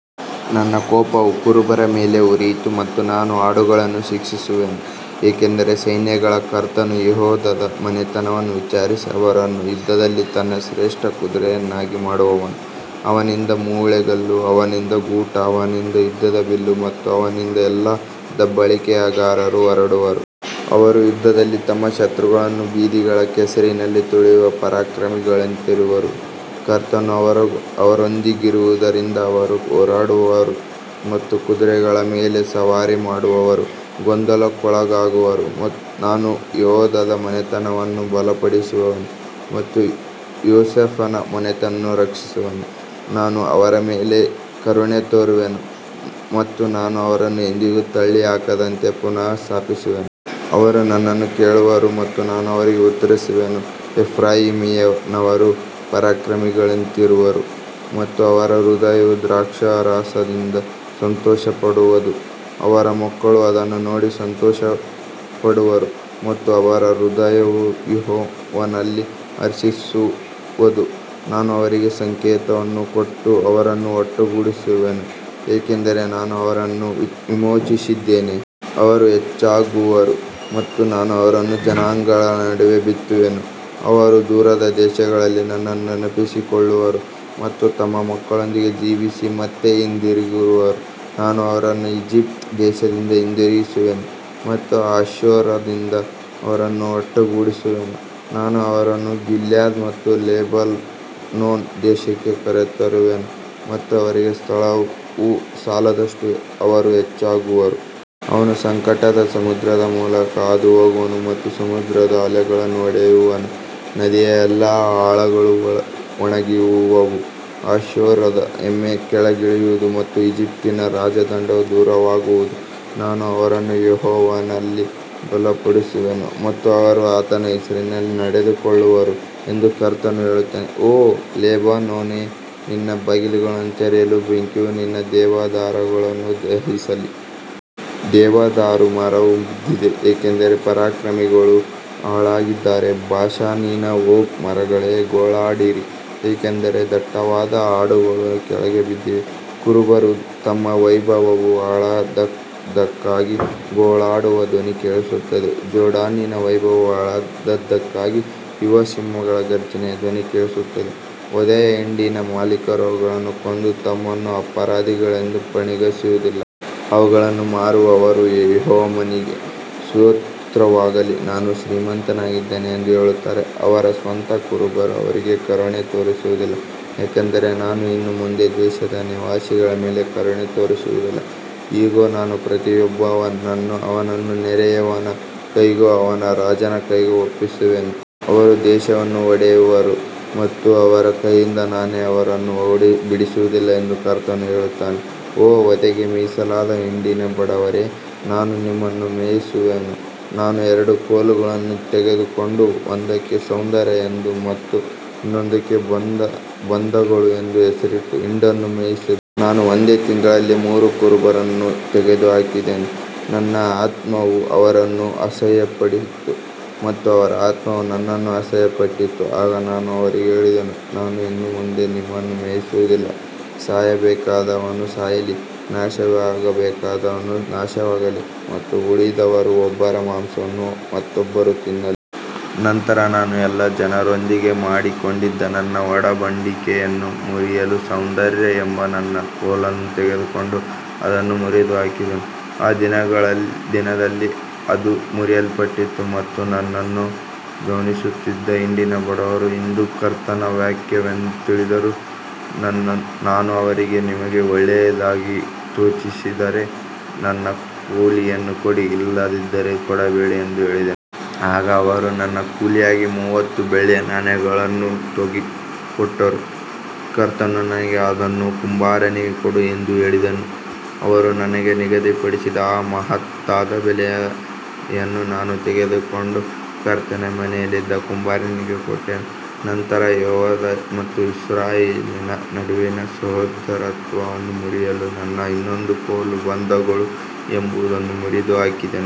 ನನ್ನ ಕೋಪವು ಕುರುಬರ ಮೇಲೆ ಉರಿಯಿತು ಮತ್ತು ನಾನು ಆಡುಗಳನ್ನು ಶಿಕ್ಷಿಸುವೆನು, ಏಕೆಂದರೆ ಸೈನ್ಯಗಳ ಕರ್ತನು ಯೆಹೂದದ ಮನೆತನವನ್ನು ವಿಚಾರಿಸಿ ಅವರನ್ನು ಯುದ್ಧದಲ್ಲಿ ತನ್ನ ಶ್ರೇಷ್ಠ ಕುದುರೆಯನ್ನಾಗಿ ಮಾಡುವನು. ಅವನಿಂದ ಮೂಲೆಗಲ್ಲು, ಅವನಿಂದ ಗೂಟ, ಅವನಿಂದ ಯುದ್ಧದ ಬಿಲ್ಲು ಮತ್ತು ಅವನಿಂದ ಎಲ್ಲಾ ದಬ್ಬಾಳಿಕೆಗಾರರು ಹೊರಡುವರು. ಅವರು ಯುದ್ಧದಲ್ಲಿ ತಮ್ಮ ಶತ್ರುಗಳನ್ನು ಬೀದಿಗಳ ಕೆಸರಿನಲ್ಲಿ ತುಳಿಯುವ ಪರಾಕ್ರಮಿಗಳಂತಿರುವರು. ಕರ್ತನು ಅವರೊಂದಿಗಿರುವುದರಿಂದ ಅವರು ಹೋರಾಡುವರು ಮತ್ತು ಕುದುರೆಗಳ ಮೇಲೆ ಸವಾರಿ ಮಾಡುವವರು ಗೊಂದಲಕ್ಕೊಳಗಾಗುವರು. ನಾನು ಯೆಹೂದದ ಮನೆತನವನ್ನು ಬಲಪಡಿಸುವೆನು ಮತ್ತು ಯೋಸೇಫನ ಮನೆತನವನ್ನು ರಕ್ಷಿಸುವೆನು. ನಾನು ಅವರ ಮೇಲೆ ಕರುಣೆ ತೋರುವೆನು ಮತ್ತು ನಾನು ಅವರನ್ನು ಎಂದಿಗೂ ತಳ್ಳಿಹಾಕದವರಂತೆ ಪುನಃ ಸ್ಥಾಪಿಸುವೆನು. ಅವರು ನನ್ನನ್ನು ಕೇಳುವರು ಮತ್ತು ನಾನು ಅವರಿಗೆ ಉತ್ತರಿಸುವೆನು. ಎಫ್ರಾಯೀಮಿನವರು ಪರಾಕ್ರಮಿಗಳಂತಿರುವರು ಮತ್ತು ಅವರ ಹೃದಯವು ದ್ರಾಕ್ಷಾರಸದಿಂದ ಸಂತೋಷಪಡುವದು. ಅವರ ಮಕ್ಕಳು ಅದನ್ನು ನೋಡಿ ಸಂತೋಷಪಡುವರು ಮತ್ತು ಅವರ ಹೃದಯವು ಯೆಹೋವನಲ್ಲಿ ಹರ್ಷಿಸುವದು. ನಾನು ಅವರಿಗೆ ಸಂಕೇತವನ್ನು ಕೊಟ್ಟು ಅವರನ್ನು ಒಟ್ಟುಗೂಡಿಸುವೆನು, ಏಕೆಂದರೆ ನಾನು ಅವರನ್ನು ವಿಮೋಚಿಸಿದ್ದೇನೆ. ಅವರು ಹೆಚ್ಚಾಗುವರು ಮತ್ತು ನಾನು ಅವರನ್ನು ಜನಾಂಗಗಳ ನಡುವೆ ಬಿತ್ತುವೆನು. ಅವರು ದೂರದ ದೇಶಗಳಲ್ಲಿ ನನ್ನನ್ನು ನೆನಪಿಸಿಕೊಳ್ಳುವರು ಮತ್ತು ತಮ್ಮ ಮಕ್ಕಳೊಂದಿಗೆ ಜೀವಿಸಿ ಮತ್ತೆ ಹಿಂದಿರುಗುವರು. ನಾನು ಅವರನ್ನು ಈಜಿಪ್ಟ್ ದೇಶದಿಂದ ಹಿಂದಿರುಗಿಸುವೆನು ಮತ್ತು ಅಶ್ಶೂರದಿಂದ ಅವರನ್ನು ಒಟ್ಟುಗೂಡಿಸುವೆನು. ನಾನು ಅವರನ್ನು ಗಿಲ್ಯಾದ್ ಮತ್ತು ಲೆಬನೋನ್ ದೇಶಕ್ಕೆ ಕರೆತರುವೆನು ಮತ್ತು ಅವರಿಗೆ ಸ್ಥಳವು ಸಾಲದಷ್ಟು ಅವರು ಹೆಚ್ಚಾಗುವರು. ಅವನು ಸಂಕಟದ ಸಮುದ್ರದ ಮೂಲಕ ಹಾದುಹೋಗುವನು ಮತ್ತು ಸಮುದ್ರದ ಅಲೆಗಳನ್ನು ಹೊಡೆಯುವನು. ನದಿಯ ಎಲ್ಲಾ ಆಳಗಳು ಒಣಗಿಹೋಗುವವು. ಅಶ್ಶೂರದ ಹೆಮ್ಮೆ ಕೆಳಗಿಳಿಯುವುದು ಮತ್ತು ಈಜಿಪ್ಟಿನ ರಾಜದಂಡವು ದೂರವಾಗುವುದು. ನಾನು ಅವರನ್ನು ಯೆಹೋವನಲ್ಲಿ ಬಲಪಡಿಸುವೆನು ಮತ್ತು ಅವರು ಆತನ ಹೆಸರಿನಲ್ಲಿ ನಡೆದುಕೊಳ್ಳುವರು ಎಂದು ಕರ್ತನು ಹೇಳುತ್ತಾನೆ. ಓ ಲೆಬನೋನೇ, ನಿನ್ನ ಬಾಗಿಲುಗಳನ್ನು ತೆರೆಯು, ಬೆಂಕಿಯು ನಿನ್ನ ದೇವದಾರುಗಳನ್ನು ದಹಿಸಲಿ. ದೇವದಾರು ಮರವು ಬಿದ್ದಿದೆ, ಏಕೆಂದರೆ ಪರಾಕ್ರಮಿಗಳು ಹಾಳಾಗಿದ್ದಾರೆ. ಬಾಷಾನಿನ ಓಕ್ ಮರಗಳೇ, ಗೋಳಾಡಿರಿ, ಏಕೆಂದರೆ ದಟ್ಟವಾದ ಕಾಡುಗಳು ಕೆಳಗೆ ಬಿದ್ದಿವೆ. ಕುರುಬರು ತಮ್ಮ ವೈಭವವು ಹಾಳಾದದ್ದಕ್ಕಾಗಿ ಗೋಳಾಡುವ ಧ್ವನಿ ಕೇಳಿಸುತ್ತದೆ. ಜೋರ್ಡಾನಿನ ವೈಭವವು ಹಾಳಾದದ್ದಕ್ಕಾಗಿ ಯುವ ಸಿಂಹಗಳ ಗರ್ಜನೆಯ ಧ್ವನಿ ಕೇಳಿಸುತ್ತದೆ. ವಧೆಯ ಹಿಂಡಿನ ಮಾಲೀಕರು ಅವುಗಳನ್ನು ಕೊಂದು ತಮ್ಮನ್ನು ಅಪರಾಧಿಗಳೆಂದು ಪರಿಗಣಿಸುವುದಿಲ್ಲ. ಅವುಗಳನ್ನು ಮಾರುವವರು, ಯೆಹೋವನಿಗೆ ಸ್ತೋತ್ರವಾಗಲಿ, ನಾನು ಶ್ರೀಮಂತನಾಗಿದ್ದೇನೆ ಎಂದು ಹೇಳುತ್ತಾರೆ. ಅವರ ಸ್ವಂತ ಕುರುಬರು ಅವರಿಗೆ ಕರುಣೆ ತೋರಿಸುವುದಿಲ್ಲ. ಯಾಕಂದರೆ ನಾನು ಇನ್ನು ಮುಂದೆ ದೇಶದ ನಿವಾಸಿಗಳ ಮೇಲೆ ಕರುಣೆ ತೋರಿಸುವುದಿಲ್ಲ. ಇಗೋ, ನಾನು ಪ್ರತಿಯೊಬ್ಬನನ್ನೂ ಅವನ ನೆರೆಯವನ ಕೈಗೂ ಅವನ ರಾಜನ ಕೈಗೂ ಒಪ್ಪಿಸುವೆನು. ಅವರು ದೇಶವನ್ನು ಹೊಡೆಯುವರು ಮತ್ತು ಅವರ ಕೈಯಿಂದ ನಾನು ಅವರನ್ನು ಬಿಡಿಸುವುದಿಲ್ಲ ಎಂದು ಕರ್ತನು ಹೇಳುತ್ತಾನೆ. ಓ ವಧೆಗೆ ಮೀಸಲಾದ ಹಿಂಡಿನ ಬಡವರೇ, ನಾನು ನಿಮ್ಮನ್ನು ಮೇಯಿಸುವೆನು. ನಾನು ಎರಡು ಕೋಲುಗಳನ್ನು ತೆಗೆದುಕೊಂಡು ಒಂದಕ್ಕೆ ಸೌಂದರ್ಯ ಎಂದು ಮತ್ತು ಇನ್ನೊಂದಕ್ಕೆ ಬಂಧಗಳು ಎಂದು ಹೆಸರಿಟ್ಟು ಹಿಂಡನ್ನು ಮೇಯಿಸಿದೆನು. ನಾನು ಒಂದೇ ತಿಂಗಳಲ್ಲಿ ಮೂರು ಕುರುಬರನ್ನು ತೆಗೆದುಹಾಕಿದೆನು. ನನ್ನ ಆತ್ಮವು ಅವರನ್ನು ಅಸಹ್ಯಪಡಿತು ಮತ್ತು ಅವರ ಆತ್ಮವೂ ನನ್ನನ್ನು ಅಸಹ್ಯಪಟ್ಟಿತು. ಆಗ ನಾನು ಅವರಿಗೆ ಹೇಳಿದೆನು, ನಾನು ಇನ್ನು ಮುಂದೆ ನಿಮ್ಮನ್ನು ಮೇಯಿಸುವುದಿಲ್ಲ. ಸಾಯಬೇಕಾದವನು ಸಾಯಲಿ, ನಾಶವಾಗಬೇಕಾದವನು ನಾಶವಾಗಲಿ ಮತ್ತು ಉಳಿದವರು ಒಬ್ಬರ ಮಾಂಸವನ್ನು ಮತ್ತೊಬ್ಬರು ತಿನ್ನಲಿ. ನಂತರ ನಾನು ಎಲ್ಲಾ ಜನರೊಂದಿಗೆ ಮಾಡಿಕೊಂಡಿದ್ದ ನನ್ನ ಒಡಂಬಡಿಕೆಯನ್ನು ಮುರಿಯಲು ಸೌಂದರ್ಯ ಎಂಬ ನನ್ನ ಕೋಲನ್ನು ತೆಗೆದುಕೊಂಡು ಅದನ್ನು ಮುರಿದುಹಾಕಿದೆನು. ಆ ದಿನದಲ್ಲಿ ಅದು ಮುರಿಯಲ್ಪಟ್ಟಿತು ಮತ್ತು ನನ್ನನ್ನು ಗಮನಿಸುತ್ತಿದ್ದ ಹಿಂಡಿನ ಬಡವರು ಇದು ಕರ್ತನ ವಾಕ್ಯವೆಂದು ತಿಳಿದರು. ನಾನು ಅವರಿಗೆ, ನಿಮಗೆ ಒಳ್ಳೆಯದಾಗಿ ತೋಚಿದರೆ ನನ್ನ ಕೂಲಿಯನ್ನು ಕೊಡಿ, ಇಲ್ಲದಿದ್ದರೆ ಕೊಡಬೇಡಿ ಎಂದು ಹೇಳಿದೆನು. ಆಗ ಅವರು ನನ್ನ ಕೂಲಿಯಾಗಿ ಮೂವತ್ತು ಬೆಳ್ಳಿಯ ನಾಣ್ಯಗಳನ್ನು ತೂಗಿ ಕೊಟ್ಟರು. ಕರ್ತನು ನನಗೆ, ಅದನ್ನು ಕುಂಬಾರನಿಗೆ ಕೊಡು ಎಂದು ಹೇಳಿದನು. ಅವರು ನನಗೆ ನಿಗದಿಪಡಿಸಿದ ಆ ಮಹತ್ತಾದ ಬೆಲೆಯನ್ನು ನಾನು ತೆಗೆದುಕೊಂಡು ಕರ್ತನ ಮನೆಯಲ್ಲಿದ್ದ ಕುಂಬಾರನಿಗೆ ಕೊಟ್ಟೆನು. ನಂತರ ಯೆಹೂದ ಮತ್ತು ಇಸ್ರಾಯೇಲಿನ ನಡುವಿನ ಸಹೋದರತ್ವವನ್ನು ಮುರಿಯಲು ನನ್ನ ಇನ್ನೊಂದು ಕೋಲು, ಬಂಧಗಳು ಎಂಬುದನ್ನೂ ಮುರಿದುಹಾಕಿದೆನು.